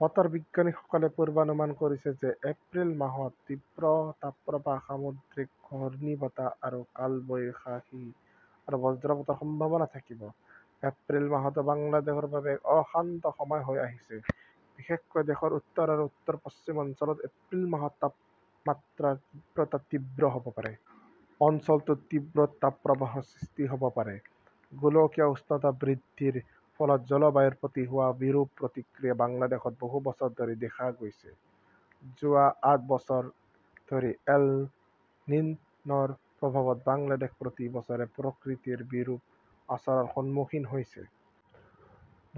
বতৰ বিজ্ঞানীসকলে পূৰ্বানুমান কৰিছে যে এপ্ৰিল মাহত তীব্ৰ তাপপ্ৰবাহ, সামুদ্ৰিক ঘূৰ্ণীবতাহ আৰু কালবৈশাখী আৰু বজ্ৰপাতৰ সম্ভাৱনা থাকিব। এপ্ৰিল মাহটো বাংলাদেশৰ বাবে এক অশান্ত সময় হৈ আহিছে। বিশেষকৈ দেশৰ উত্তৰ আৰু উত্তৰ-পশ্চিম অঞ্চলত এপ্ৰিল মাহত তাপমাত্ৰাৰ তীব্ৰতা তীব্ৰ হব পাৰে। অঞ্চলটোত তীব্ৰ তাপপ্ৰবাহৰ সৃষ্টি হব পাৰে। গোলকীয় উষ্ণতা বৃদ্ধিৰ ফলত জলবায়ুৰ প্ৰতি হোৱা বিৰূপ প্ৰতিক্ৰিয়া বাংলাদেশত বহু বছৰ ধৰি দেখা গৈছে। যোৱা আঠ বছৰ ধৰি এল-নিন "ৰ প্ৰভাৱত বাংলাদেশ প্ৰতি বছৰে প্ৰকৃতিৰ বিৰূপ আচৰণৰ সন্মুখীন হৈছে।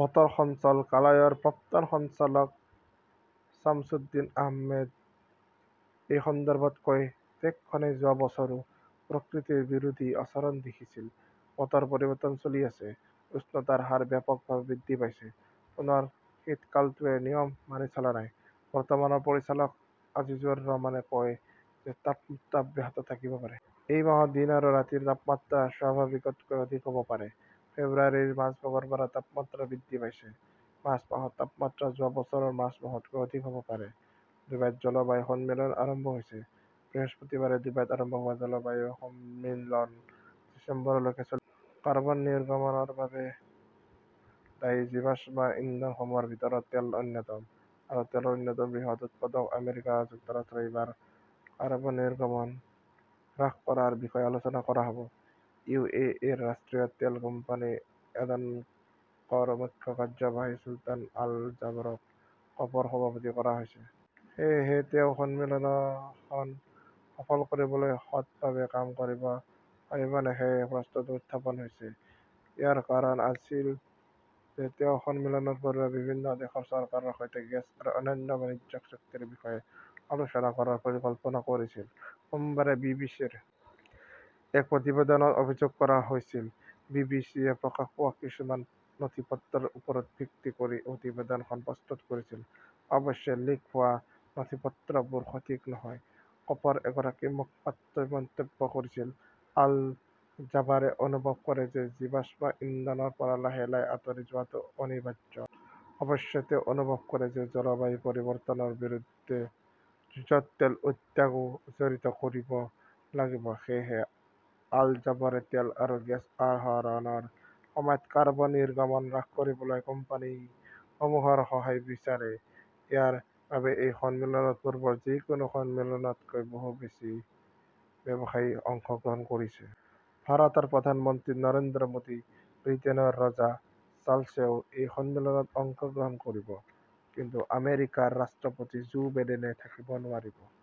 বতৰ সঞ্চালকালয়ৰ প্ৰাক্তন সঞ্চালক ছামছুদ্দিন আহমেদে এই সন্দৰ্ভত কয় দেশখনে যোৱা বছৰো প্ৰকৃতিৰ বিৰোধী আচৰণ দেখিছিল। বতৰ পৰিৱৰ্তন চলি আছে । উষ্ণতাৰ হাৰ ব্যাপকভাৱে বৃদ্ধি পাইছে। পুনৰ শীতকালটোৱে নিয়ম মানি চলা নাই। বৰ্তমানৰ পৰিচালক আজিজুৰ ৰহমানে কয় যে তাপমাত্ৰা অব্যাহত থাকিব পাৰে। এই মাহত দিন আৰু ৰাতিৰ তাপমাত্ৰা স্বাভাৱিকতকৈ অধিক হব পাৰে। ফেব্ৰুৱাৰীৰ মাজভাগৰ পৰা তাপমাত্ৰা বৃদ্ধি পাইছে। মাৰ্চ মাহত তাপমাত্ৰা যোৱা বছৰৰ মাৰ্চ মাহতকৈ অধিক হব পাৰে। ডুবাইত জলবায়ু সন্মিলন আৰম্ভ হৈছে । বৃহস্পতিবাৰে ডুবাইত আৰম্ভ হোৱা জলবায়ু সন্মিলন ডিচেম্বৰলৈকে চলিব। কাৰ্বন নিৰ্গমনৰ বাবে দায়ী জীৱাশ্ম ইন্ধনসমূহৰ ভিতৰত তেল অন্যতম। আৰু তেলৰ অন্যতম বৃহৎ উৎপাদক আমেৰিকা যুক্তৰাষ্ট্ৰত এইবাৰ কাৰ্বন নিৰ্গমন হ্ৰাস কৰাৰ বিষয়ে আলোচনা কৰা হব। ইউ.এ.ইৰ ৰাষ্ট্ৰীয় তেল কোম্পানী এডনকৰ মুখ্য কাৰ্যবাহী চুলতান আল জাবৰক কপৰ সভাপতি কৰা হৈছে। সেয়েহে তেওঁ সন্মিলনখন সফল কৰিবলৈ সৎভাৱে কাম কৰিব পাৰিবনে সেই প্ৰশ্নটো উত্থাপন হৈছে। ইয়াৰ কাৰণ আছিল যে তেওঁ সন্মিলনৰ পূৰ্বে বিভিন্ন দেশৰ চৰকাৰৰ সৈতে গেছ আৰু অন্যান্য বাণিজ্যিক চুক্তিৰ বিষয়ে আলোচনা কৰাৰ পৰিকল্পনা কৰিছিল, সোমবাৰে বি.বি.চিৰ এক প্ৰতিবেদনত অভিযোগ কৰা হৈছিল। বি.বি.চিয়ে প্ৰকাশ পোৱা কিছুমান নথিপত্ৰৰ ওপৰত ভিত্তি কৰি প্ৰতিবেদনখন প্ৰস্তুত কৰিছিল। অৱশ্যে, লিক হোৱা নথিপত্ৰবোৰ 'সঠিক নহয়, কপৰ এগৰাকী মুখপাত্ৰই মন্তব্য কৰিছিল। আল-জাবাৰে অনুভৱ কৰে যে জীৱাশ্ম ইন্ধনৰ পৰা লাহে লাহে আঁতৰি যোৱাটো 'অনিবাৰ্য'। অৱশ্যে, তেওঁ অনুভৱ কৰে যে জলবায়ু পৰিৱৰ্তনৰ বিৰুদ্ধে যুঁজত তেল উদ্যোগকো জড়িত কৰিব লাগিব। সেয়েহে আল-জাবৰে তেল আৰু গেছ আহৰণৰ সময়ত কাৰ্বন নিৰ্গমন হ্ৰাস কৰিবলৈ কোম্পানীসমূহৰ সহায় বিচাৰে। ইয়াৰ বাবেই এই সন্মিলনত পূৰ্বৰ যিকোনো সন্মিলনতকৈ বহু বেছি ব্যৱসায়ীয়ে অংশগ্ৰহণ কৰিছে। ভাৰতৰ প্ৰধানমন্ত্ৰী নৰেন্দ্ৰ মোদী, ব্ৰিটেইনৰ ৰজা চাৰ্লছেও এই সন্মিলনত অংশগ্ৰহণ কৰিব। কিন্তু আমেৰিকাৰ ৰাষ্ট্ৰপতি জো বিডেনে থাকিব নোৱাৰিব।